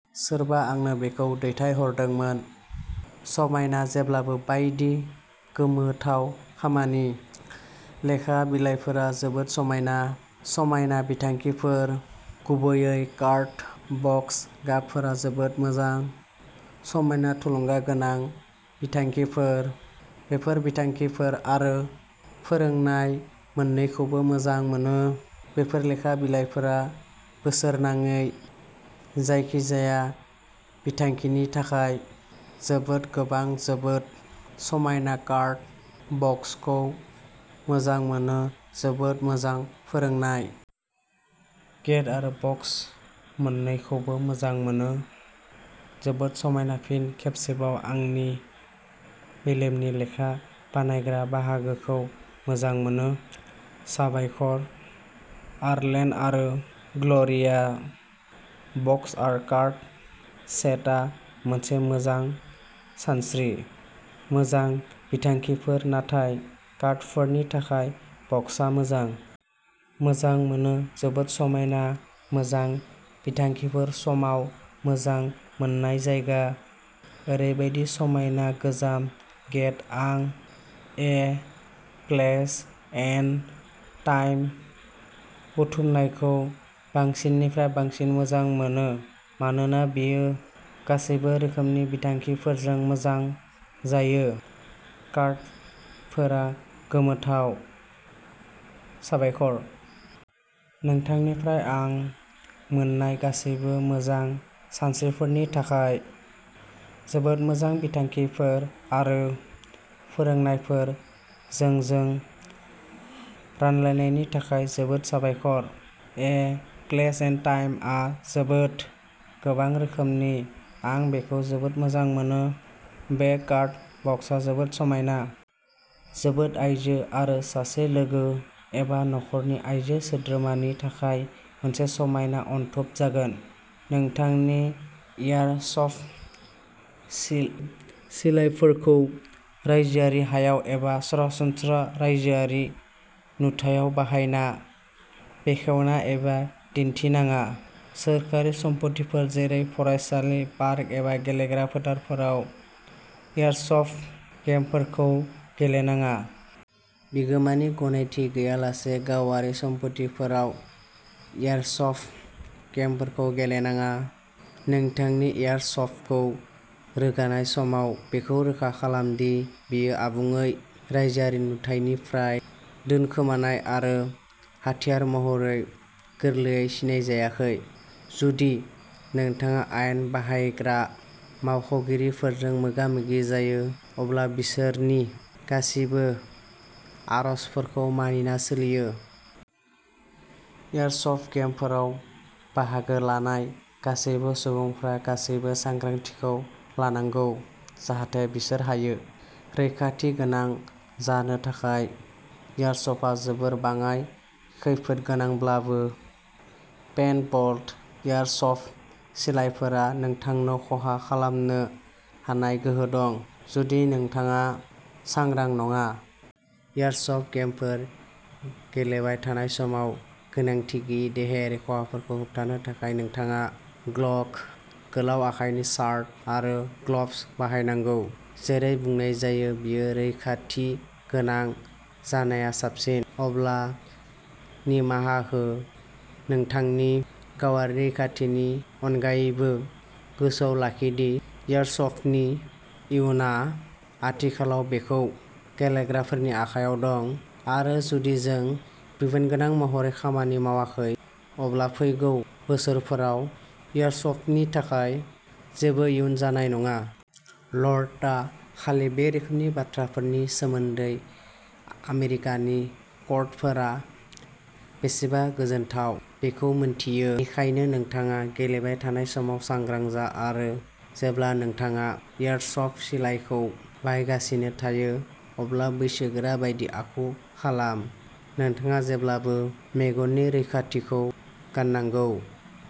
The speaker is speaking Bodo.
सोरबा आंनो बेखौ दैथायहरदोंमोन। समायना जेब्लाबो बायदि गोमोथाव खामानि। लेखा बिलाइफोरा जोबोद समायना,। समायना बिथांखिफोर-गुबैयै कार्ड बक्स गाबफोरा जोबोद मोजां। समायना थुलुंगा गोनां बिथांखिफोर। बेफोर बिथांखिफोर आरो फोरोंनाय मोन्नैखौबो मोजां मोनो। बेफोर लेखा बिलाइफोरा बोसोरनाङै जायखिजाया बिथांखिनि थाखाय जोबोद गोबां जोबोद समायना कार्ड बक्सखौ मोजां मोनो जोबोद मोजां फोरोंनाय। टेग आरो बक्स मोन्नैखौबो मोजां मोनो। जोबोद समायना फिन खेबसेबाव, आंनि मेलेमनि लेखा बानायग्रा बाहागोखौ मोजां मोनो। साबायखर, आर्लेन आरो ग्ल'रिया। बक्स आरो कार्ड सेटआ मोनसे मोजां सानस्रि। मोजां बिथांखिफोर नाथाय कार्डफोरनि थाखाय बक्सआ मोजां। मोजां मोनो-जोबोद समायना मोजां बिथांखिफोर समाव मोजां मोन्नाय जायगा। ओरैबायदि समायना गोजाम केट आं ए प्लेस इन टाइम बुथुमनायखौ बांसिननिफ्राय बांसिन मोजां मोनो मानोना बेयो गासैबो रोखोमनि बिथांखिफोरजों मोजां जायो। कार्डफोरा गोमोथाव, साबायखर। नोंथांनिफ्राय आं मोन्नाय गासैबो मोजां सानस्रिफोरनि थाखाय। जोबोद मोजां बिथांखिफोर आरो फोरोंनायफोर-जोंजों रानलायनायनि थाखाय जोबोद साबायखर। ए प्लेस इन टाइम आ जोबोद गोबां रोखोमनि आं बेखौ जोबोद मोजां मोनो। बे कार्ड बक्सआ जोबोद समायना। जोबोद आइजो आरो सासे लोगो एबा नखरनि आइजो सोद्रोमानि थाखाय मोनसे समायना अनथोब जागोन। नोंथांनि एयारसफ्ट सि सिलाइफोरखौ रायजोआरि हायाव एबा सरासनस्रा राइजोआरि नुथायाव बाहायना, बेखेवना एबा दिन्थिनाङा। सोरखारि सम्पथिफोर जेरै फरायसालि, पार्क एबा गेलेग्रा फोथारफोराव एयारसफ्ट गेमफोरखौ गेलेनाङा। बिगोमानि गनायथि गैयालासे गावारि सम्पथिफोराव एयारसफ्ट गेमफोरखौ गेलेनाङा। नोंथांनि एयारसफ्टखौ रोगानाय समाव बेखौ रोखा खालाम दि बेयो आबुङै राइजोआरि नुथाइनिफ्राय दोनखोमानाय आरो हाथियार महरै गोरलैयै सिनायजायाखै। जुदि नोंथाङा आयेन बाहायग्रा मावख'गिरिफोरजों मोगा-मोगि जायो, अब्ला बिसोरनि गासिबो आर'जफोरखौ मानिना सोलियो। एयारसफ्ट गेमफोराव बाहागो लानाय गासैबो सुबुंफोरा गासैबो सांग्रांथिखौ लानांगौ, जाहाथे बिसोर हायो। रैखाथि गोनां जानो थाखाय। एयारसफ्टआ जोबोद बाङाइ खैफोदगोनांब्लाबो, पेन्टबल एयारसफ्ट सिलाइफोरा नोंथांनो खहा खालामनो हानाय गोहो दं, जुदि नोंथाङा सांग्रां नङा। एयारसफ्ट गेमफोर गेलेबाय थानाय समाव गोनांथि गैयै देहायारि खहाफोरखौ होबथानो थाखाय नोंथाङा ग्लग, गोलाव आखाइनि सार्ट आरो ग्लब्स बाहायनांगौ। जेरै बुंनाय जायो, बेयो रैखाथि गोनां जानाया साबसिन, अब्ला निमाहा हो नोंथांनि गावारि रैखाथिनि अनगायैबो गोसोआव लाखि दि एयारसफ्टनि इयुनआ आथिखालाव बेखौ गेलेग्राफोरनि आखायाव दं, आरो जुदि जों बिबानगोनां महरै खामानि मावाखै अब्ला फैगौ बोसोरफोराव एयारसफ्टनि थाखाय जेबो इयुन जानाय नङा। लर्डआ खालि बे रोखोमनि बाथ्राफोरनि सोमोन्दै आमेरिकानि कर्टफोरा बेसेबा गोजोनथाव बेखौ मिन्थियो, बेनिखायनो नोंथाङा गेलेबाय थानाय समाव सांग्रां जा आरो जेब्ला नोंथाङा एयारसफ्ट सिलाइखौ बाहायगासिनो थायो अब्ला बैसोगोरा बायदि आखु खालाम। नोंथाङा जेब्लाबो मेगननि रैखाथिखौ गाननांगौ।